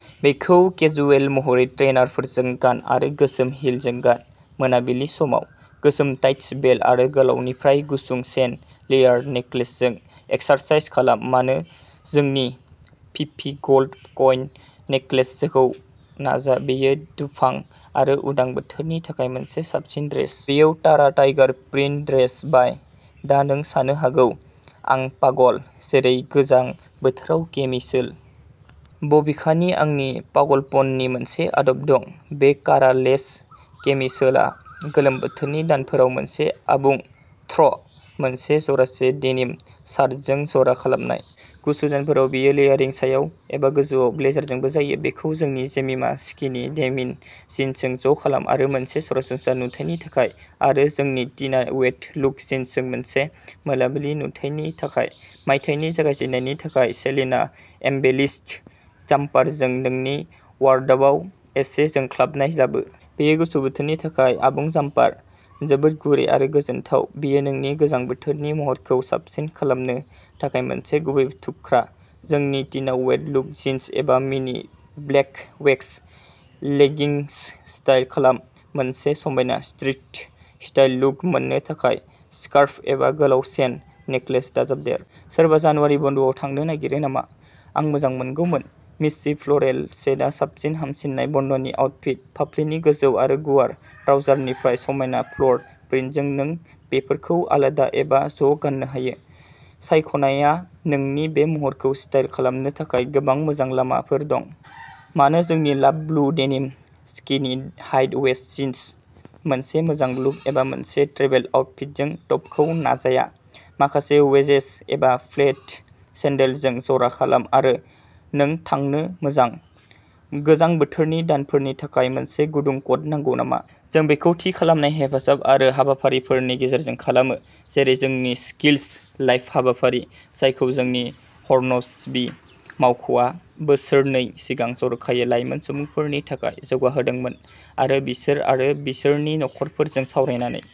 बेखौ केजुएल महरै ट्रेइनारफोरजों गान आरो गोसोम हिलजों गान। मोनाबिलि समाव। गोसोम टाइटस, बेल्ट आरो गोलावनिफ्राय गुसुं चेन लेयार्ड नेकलेसजों एक्सेसराइज खालाम-मानो जोंनि फिफि गल्ड कइन नेकलेसखौ नाजा। बेयो दुफां आरो उदां बोथोरनि थाखाय मोनसे साबसिन ड्रेस। बेयाव तारा टाइगार प्रिन्ट ड्रेस बाय। दा नों सानो हागौ आं पागल, जेरै गोजां बोथोराव केमिसोल? बबेखानि, आंनि पागलपननि मोनसे आदब दं। बे कारा लेस केमिसोलआ गोलोम बोथोरनि दानफोराव मोनसे आबुं थ्र ', मोनसे जरासे डेनिम शार्ट्सजों ज'रा खालामनाय। गुसु दानफोराव बेयो लेयारिंनि सायाव, एबा गोजौआव ब्लेजारजोंबो जायो। बेखौ जोंनि जेमिमा स्किनि डेमिन जिन्सजों ज'खालाम आरो मोनसे सरासनस्रा नुथायनि थाखाय आरो जोंनि टिना वेट लुक जिन्सजों मोनसे मोनाबिलि नुथायनि थाखाय। मायथाइनि जागायजेन्नायनि थाखाय सेलिना एम्बेलिश्ड जाम्पारजों नोंनि वार्ड्रोबआव एसे जोंख्लाबनाय लाबो। बेयो गुसु बोथोरनि थाखाय आबुं जाम्पार। जोबोद गुरै आरो गोजोनथाव। बेयो नोंनि गोजां बोथोरनि महरखौ साबसिन खालामनो थाखाय मोनसे गुबै थुख्रा। जोंनि टिना वेट लुक जिन्स एबा मिनि ब्लेक वेक्स लेगिंग्सजों स्टाइल खालाम; मोनसे समायना स्ट्रिट स्टाइल लुक मोननो थाखाय स्कार्फ एबा गोलाव चेन नेकलेस दाजाबदेर। सोरबा जानुवारि बन्द'आव थांनो नागिरो नामा? आं मोजांमोनगौमोन! मिस्सि फ्लरेल सेटआ साबसिन हामसिननाय बन्द'नि आउटफिट। फाफ्लिनि गोजौ आरो गुवार ट्राउजारनिफ्राय समायना फ्लर प्रिन्टजों नों बेफोरखौ आलादा एबा ज'गाननो हायो, सायख'नायआ नोंनि, बे महरखौ स्टाइल खालामनो थाखाय गोबां मोजां लामाफोर दं। मानो जोंनि love blue denim skinny high waist jeans, मोनसे मोजां लुक एबा मोनसे ट्रेभेल आउटफिटजों टपखौ नाजाया। माखासे वेजेस एबा फ्लेट सेन्डलजों जरा खालाम आरो नों थांनो मोजां। गोजां बोथोरनि दानफोरनि थाखाय मोनसे गुदुं कट नांगौ नामा? जों बेखौ थि खालामनाय हेफाजाब आरो हाबाफारिफोरनि गेजेरजों खालामो, जेरै जोंनि स्किल्स लाइफ हाबाफारि, जायखौ जोंनि हर्नस्बी मावख'आ बोसोरनै सिगां जर'खायै लाइमोन सुबुंफोरनि थाखाय जौगाहोदोंमोन, आरो बिसोर आरो बिसोरनि नखरफोरजों सावरायनानै।